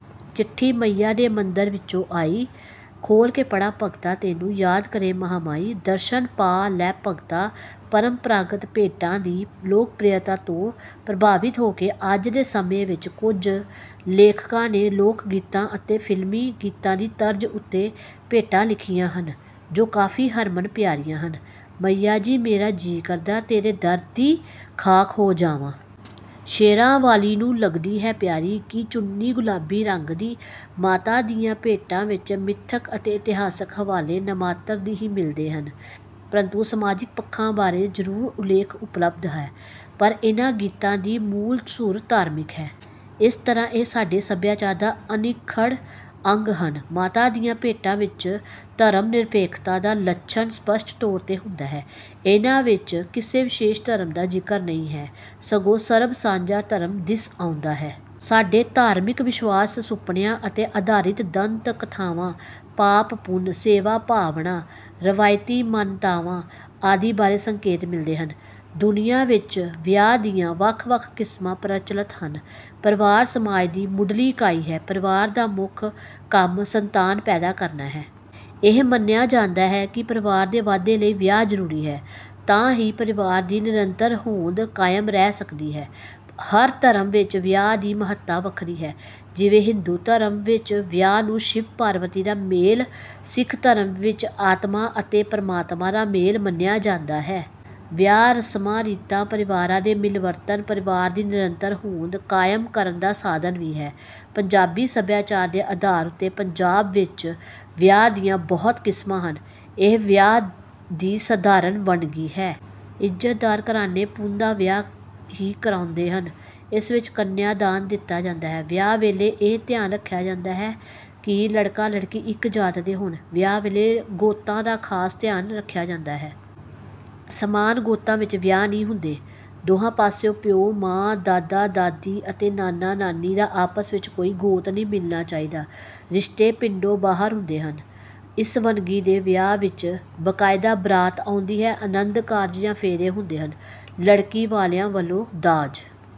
ਚਿੱਠੀ ਮਈਆ ਦੇ ਮੰਦਰ ਵਿੱਚੋਂ ਆਈ, ਖੋਲ੍ਹ ਕੇ ਪੜ੍ਹਾਂ ਭਗਤਾ ਤੈਨੂੰ। ਯਾਦ ਕਰੇ ਮਹਾਂ ਮਾਈ, ਦਰਸ਼ਨ ਪਾ ਲੈ ਭਗਤਾ"।ਪਰੰਪਰਾਗਤ ਭੇਟਾਂ ਦੀ ਲੋਕਪ੍ਰਿਯਤਾ ਤੋਂ ਪ੍ਰਭਾਵਿਤ ਹੋ ਕੇ ਅੱਜ ਦੇ ਸਮੇਂ ਵਿੱਚ ਕੁਝ ਲੇਖਕਾਂ ਨੇ ਲੋਕ ਗੀਤਾਂ ਅਤੇ ਫ਼ਿਲਮੀ ਗੀਤਾਂ ਦੀ ਤਰਜ਼ ਉੱਤੇ ਭੇਟਾਂ ਲਿਖੀਆਂ ਹਨ, ਜੋ ਕਾਫ਼ੀ ਹਰਮਨ ਪਿਆਰੀਆਂ ਹਨ: "ਮਈਆ ਜੀ ਮੇਰਾ ਜੀ ਕਰਦਾ, ਤੇਰੇ ਦਰ ਦੀ ਖਾਕ ਹੋ ਜਾਵਾਂ"। "ਸ਼ੇਰਾਂ ਵਾਲ਼ੀ ਨੂੰ ਲੱਗਦੀ ਹੈ ਪਿਆਰੀ, ਕਿ ਚੁੰਨੀ ਗੁਲਾਬੀ ਰੰਗ ਦੀ"। ਮਾਤਾ ਦੀਆਂ ਭੇਟਾਂ ਵਿੱਚ ਮਿਥਕ ਅਤੇ ਇਤਿਹਾਸਕ ਹਵਾਲੇ ਨਾਮਾਤਰ ਹੀ ਮਿਲਦੇ ਹਨ। ਪਰੰਤੂ ਸਮਾਜਿਕ ਪੱਖਾਂ ਬਾਰੇ ਜ਼ਰੂਰ ਉੱਲੇਖ ਉਪਲਬਧ ਹੈ। ਪਰ ਇਹਨਾਂ ਗੀਤਾਂ ਦੀ ਮੂਲ ਸੁਰ ਧਾਰਮਿਕ ਹੈ। ਇਸ ਤਰ੍ਹਾਂ ਇਹ ਸਾਡੇ ਸਭਿਆਚਾਰ ਦਾ ਅਨਿੱਖੜ ਅੰਗ ਹਨ। ਮਾਤਾ ਦੀਆਂ ਭੇਟਾਂ ਵਿੱਚ ਧਰਮ-ਨਿਰਪੇਖਤਾ ਦਾ ਲੱਛਣ ਸਪੱਸ਼ਟ ਤੌਰ 'ਤੇ ਹੁੰਦਾ ਹੈ। ਇਹਨਾਂ ਵਿੱਚ ਕਿਸੇ ਵਿਸ਼ੇਸ਼ ਧਰਮ ਦਾ ਜ਼ਿਕਰ ਨਹੀਂ ਹੈ। ਸਗੋਂ ਸਰਬ ਸਾਂਝਾ ਧਰਮ ਦਿਸ ਆਉਂਦਾ ਹੈ। ਸਾਡੇ ਧਾਰਮਿਕ ਵਿਸ਼ਵਾਸ, ਸੁਪਨਿਆਂ ਉੱਤੇ ਆਧਾਰਿਤ ਦੰਤ ਕਥਾਵਾਂ, ਪਾਪ-ਪੁੰਨ, ਸੇਵਾ ਭਾਵਨਾ, ਰਵਾਇਤੀ ਮਨਤਾਵਾਂ ਆਦਿ ਬਾਰੇ ਸੰਕੇਤ ਮਿਲਦੇ ਹਨ। ਦੁਨੀਆਂ ਵਿੱਚ ਵਿਆਹ ਦੀਆਂ ਵੱਖ-ਵੱਖ ਕਿਸਮਾਂ ਪ੍ਰਚਲਤ ਹਨ। ਪਰਿਵਾਰ ਸਮਾਜ ਦੀ ਮੁੱਢਲੀ ਇਕਾਈ ਹੈ। ਪਰਿਵਾਰ ਦਾ ਮੁੱਖ ਕੰਮ ਸੰਤਾਨ ਪੈਦਾ ਕਰਨਾ ਹੈ। ਇਹ ਮੰਨਿਆ ਜਾਂਦਾ ਹੈ ਕਿ ਪਰਿਵਾਰ ਦੇ ਵਾਧੇ ਲਈ ਵਿਆਹ ਜ਼ਰੂਰੀ ਹੈ, ਤਾਂ ਹੀ ਪਰਿਵਾਰ ਦੀ ਨਿਰੰਤਰ ਹੋਂਦ ਕਾਇਮ ਰਹਿ ਸਕਦੀ ਹੈ। ਹਰ ਧਰਮ ਵਿੱਚ ਵਿਆਹ ਦੀ ਮਹੱਤਤਾ ਵੱਖਰੀ ਹੈ। ਜਿਵੇਂ ਹਿੰਦੂ ਧਰਮ ਵਿੱਚ ਵਿਆਹ ਨੂੰ ਸ਼ਿਵ-ਪਾਰਬਤੀ ਦਾ ਮੇਲ, ਸਿੱਖ ਧਰਮ ਵਿੱਚ ਆਤਮਾ ਅਤੇ ਪਰਮਾਤਮਾ ਦਾ ਮੇਲ ਮੰਨਿਆ ਜਾਂਦਾ ਹੈ। ਵਿਆਹ ਰਸਮਾਂ-ਰੀਤਾਂ, ਪਰਿਵਾਰਾਂ ਦੇ ਮਿਲਵਰਤਨ, ਪਰਿਵਾਰ ਦੀ ਨਿਰੰਤਰ ਹੋਂਦ ਕਾਇਮ ਕਰਨ ਦਾ ਸਾਧਨ ਵੀ ਹੈ। ਪੰਜਾਬੀ ਸਭਿਆਚਾਰ ਦੇ ਆਧਾਰ ਉੱਤੇ ਪੰਜਾਬ ਵਿੱਚ ਵਿਆਹ ਦੀਆਂ ਬਹੁਤ ਕਿਸਮਾਂ ਹਨ। ਇਹ ਵਿਆਹ ਦੀ ਸਾਧਾਰਨ ਵੰਨਗੀ ਹੈ। ਇੱਜ਼ਤਦਾਰ ਘਰਾਣੇ ਪੁੰਨ ਦਾ ਵਿਆਹ ਹੀ ਕਰਾਉਂਦੇ ਹਨ। ਇਸ ਵਿੱਚ ਕੰਨਿਆ ਦਾਨ ਦਿੱਤਾ ਜਾਂਦਾ ਹੈ। ਵਿਆਹ ਵੇਲੇ ਇਹ ਧਿਆਨ ਰੱਖਿਆ ਜਾਂਦਾ ਹੈ ਕਿ ਲੜਕਾ-ਲੜਕੀ ਇੱਕ ਜਾਤ ਦੇ ਹੋਣ। ਵਿਆਹ ਵੇਲੇ ਗੋਤਾਂ ਦਾ ਖਾਸ ਧਿਆਨ ਰੱਖਿਆ ਜਾਂਦਾ ਹੈ। ਸਮਾਨ ਗੋਤਾਂ ਵਿੱਚ ਵਿਆਹ ਨਹੀਂ ਹੁੰਦੇ। ਦੋਹਾਂ ਪਾਸਿਓਂ ਪਿਓ, ਮਾਂ, ਦਾਦਾ, ਦਾਦੀ ਅਤੇ ਨਾਨਾ, ਨਾਨੀ ਦਾ ਆਪਸ ਵਿੱਚ ਕੋਈ ਗੋਤ ਨਹੀਂ ਮਿਲਣਾ ਚਾਹੀਦਾ। ਰਿਸ਼ਤੇ ਪਿੰਡੋਂ ਬਾਹਰ ਹੁੰਦੇ ਹਨ। ਇਸ ਵੰਨਗੀ ਦੇ ਵਿਆਹ ਵਿੱਚ ਬਕਾਇਦਾ ਬਰਾਤ ਆਉਂਦੀ ਹੈ, ਅਨੰਦ ਕਾਰਜ ਜਾਂ ਫੇਰੇ ਹੁੰਦੇ ਹਨ। ਲੜਕੀ ਵਾਲਿਆਂ ਵੱਲੋਂ ਦਾਜ